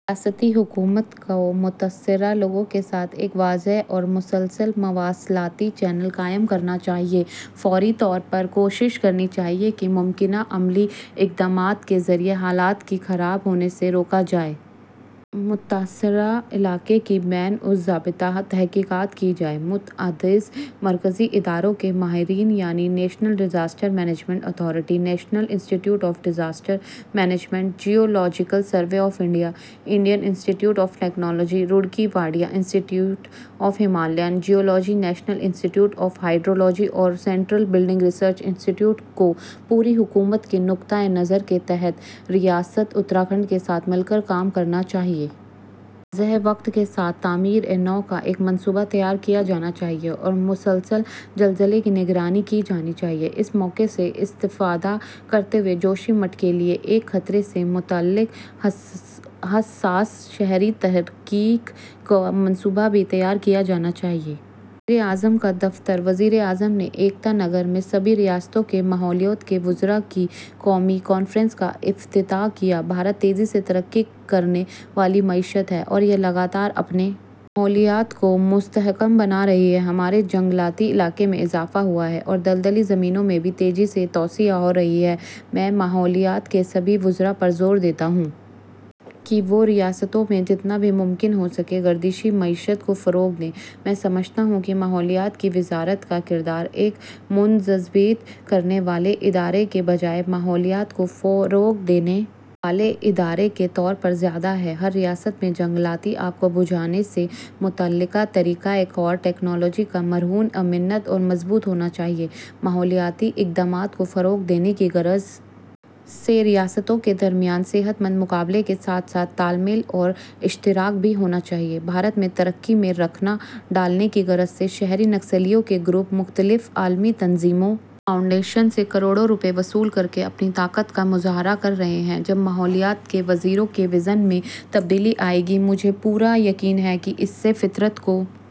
ریاستی حکومت کو متاثرہ لوگوں کے ساتھ ایک واضح اور مسلسل مواصلاتی چینل قائم کرنا چاہیے۔ فوری طور پر کوشش ہونی چاہیے کہ ممکنہ عملی اقدامات کے ذریعے حالات کی خراب ہونے سے روکا جائے۔ متاثرہ علاقے کی بین الضابطہ تحقیقات کی جائیں۔ متعدد مرکزی اداروں کے ماہرین یعنی national disaster management authority, national institute of disaster management, geological survey of India, Indian institute of technology Roorkee, Wadia institute of Himalayan geology, national institute of hydrology اور central building research institute کو ''پوری حکومت'' کے نقطہ نظر کے تحت ریاست اتراکھنڈ کے ساتھ مل کر کام کرنا چاہئے۔ واضح وقت کے ساتھ تعمیر نو کا ایک منصوبہ تیار کیا جانا چاہیے اور مسلسل زلزلے کی نگرانی کی جانی چاہیے۔ اس موقع سے استفادہ کرتے ہوئے جوشی مٹھ کے لیے ایک خطرے سے متعلق حسّاس شہری ترقی کا منصوبہ بھی تیار کیا جانا چاہیے۔ وزیراعظم کا دفتر وزیر اعظم نے ایکتا نگر میں سبھی ریاستوں کے ماحولیات کے وزراء کی قومی کانفرنس کا افتتاح کیا ''بھارت تیزی سے ترقی کرنے والی معیشت ہے اور یہ لگاتار اپنے ماحولیات کو مستحکم بنا رہی ہے'' ''ہمارے جنگلاتی علاقے میں اضافہ ہوا ہے اور دلدلی زمینوں میں بھی تیزی سے توسیع ہو رہی ہے'' میں ماحولیات کے سبھی وزراء پر زور دیتا ہوں کہ وہ ریاستوں میں جتنا بھی ممکن ہوسکے گردشی معیشت کو فروغ دیں'' ''میں سمجھتا ہوں کہ ماحولیات کی وزارت کا کردار، ایک منضبط کرنے والے ادارے کے بجائے ماحولیات کو فروغ دینے والے ادارے کے طور پر زیادہ ہے'' ''ہر ریاست میں جنگلاتی آگ کو بجھانے سے متعلق طریق کار، ٹیکنالوجی کا مرہونِ منت اور مضبوط ہونا چاہئے'' ''ماحولیاتی اقدامات کو فروغ دینے کی غرض سے ریاستوں کے درمیان صحت مند مقابلے کے ساتھ ساتھ تال میل اور اشتراک بھی ہونا چاہئے'' ''بھارت میں ترقی میں رخنہ ڈالنے کی غرض سے، شہری نکسلیوں کے گروپ، مختلف عالمی تنظیموں اور فاؤنڈیشنوں سے کروڑ روپئے وصول کرکے، اپنی طاقت کا مظاہرہ کر رہے ہیں'' ''جب ماحولیات کے وزیروں کے وژن میں تبدیلی آئے گی، مجھے پورا یقین ہے کہ اس سے فطرت کو